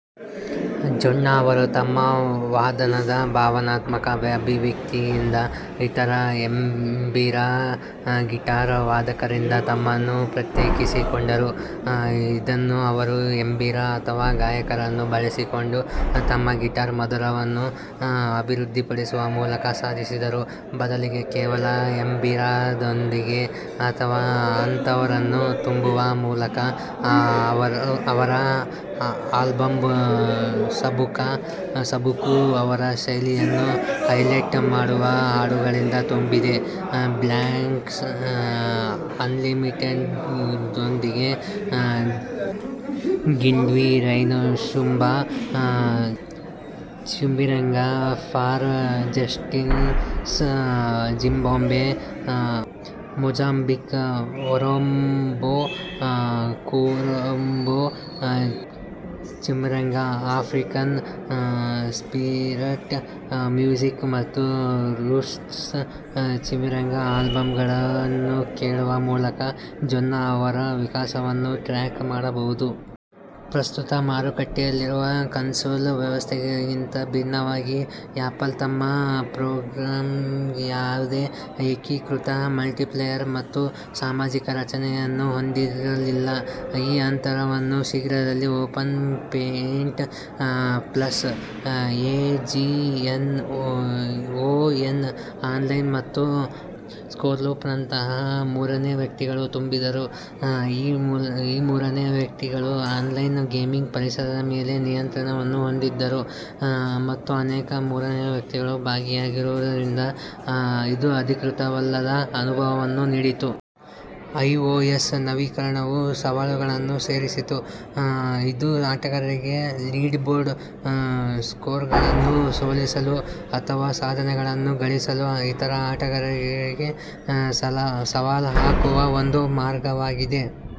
ಜೋನ್ನಾ ಅವರು ತಮ್ಮ ವಾದನದ ಭಾವನಾತ್ಮಕ ಅಭಿವ್ಯಕ್ತಿಯಿಂದ ಇತರ ಎಂಬಿರಾ-ಗಿಟಾರ್ ವಾದಕರಿಂದ ತಮ್ಮನ್ನು ಪ್ರತ್ಯೇಕಿಸಿಕೊಂಡರು, ಇದನ್ನು ಅವರು ಎಂಬಿರಾ ಅಥವಾ ಗಾಯಕರನ್ನು ಬಳಸಿಕೊಂಡು ತಮ್ಮ ಗಿಟಾರ್ ಮಧುರವನ್ನು ಅಭಿವೃದ್ಧಿಪಡಿಸುವ ಮೂಲಕ ಸಾಧಿಸಿದರು, ಬದಲಿಗೆ ಕೇವಲ ಎಂಬಿರಾದೊಂದಿಗೆ ಅಥವಾ "ಅಂತರವನ್ನು ತುಂಬುವ" ಮೂಲಕ. ಅವರ ಆಲ್ಬಂ ಸಭುಕು ಅವರ ಶೈಲಿಯನ್ನು ಹೈಲೈಟ್ ಮಾಡುವ ಹಾಡುಗಳಿಂದ ತುಂಬಿದೆ ಬ್ಲ್ಯಾಕ್ಸ್ ಅನ್ಲಿಮಿಟೆಡ್ನೊಂದಿಗೆ, Gwindingwi Rine Shumba, Chimurenga for Justice, Zimbabwe Mozambique, ವರೊಂಬೊ ಕುವರಂಬೋ, ಚಿಮುರೆಂಗಾಃ African spirit music ಮತ್ತು ರೂಟ್ಸ್ ಚಿಮುರೆಂಗಾ ಆಲ್ಬಂಗಳನ್ನು ಕೇಳುವ ಮೂಲಕ ಜೋನ್ನಾ ಅವರ ವಿಕಾಸವನ್ನು ಟ್ರ್ಯಾಕ್ ಮಾಡಬಹುದು. ಪ್ರಸ್ತುತ ಮಾರುಕಟ್ಟೆಯಲ್ಲಿರುವ ಕನ್ಸೋಲ್ ವ್ಯವಸ್ಥೆಗಳಿಗಿಂತ ಭಿನ್ನವಾಗಿ, ಆಪಲ್ ತಮ್ಮ ಪ್ಲಾಟ್ಫಾರ್ಮ್ಗೆ ಯಾವುದೇ ಏಕೀಕೃತ ಮಲ್ಟಿಪ್ಲೇಯರ್ ಮತ್ತು ಸಾಮಾಜಿಕ ರಚನೆಯನ್ನು ಹೊಂದಿರಲಿಲ್ಲ. ಈ ಅಂತರವನ್ನು ಶೀಘ್ರದಲ್ಲೇ OpenFeint, Plus, AGON online ಮತ್ತು ಸ್ಕೋರ್ಲೂಪ್ನಂತಹ ಮೂರನೇ ವ್ಯಕ್ತಿಗಳು ತುಂಬಿದರು. ಈ ಮೂರನೇ ವ್ಯಕ್ತಿಗಳು ಆನ್ಲೈನ್ ಗೇಮಿಂಗ್ ಪರಿಸರದ ಮೇಲೆ ನಿಯಂತ್ರಣವನ್ನು ಹೊಂದಿದ್ದರು, ಮತ್ತು ಅನೇಕ ಮೂರನೇ ವ್ಯಕ್ತಿಗಳು ಭಾಗಿಯಾಗಿರುವುದರಿಂದ, ಇದು ಏಕೀಕೃತವಲ್ಲದ ಅನುಭವವನ್ನು ನೀಡಿತು. ಐಒಎಸ್ ನವೀಕರಣವು ಸವಾಲುಗಳನ್ನು ಸೇರಿಸಿತು, ಇದು ಆಟಗಾರರಿಗೆ ಲೀಡರ್ಬೋರ್ಡ್ ಸ್ಕೋರ್ಗಳನ್ನು ಸೋಲಿಸಲು ಅಥವಾ ಸಾಧನೆಗಳನ್ನು ಗಳಿಸಲು ಇತರ ಆಟಗಾರರಿಗೆ ಸವಾಲು ಹಾಕುವ ಒಂದು ಮಾರ್ಗವಾಗಿದೆ.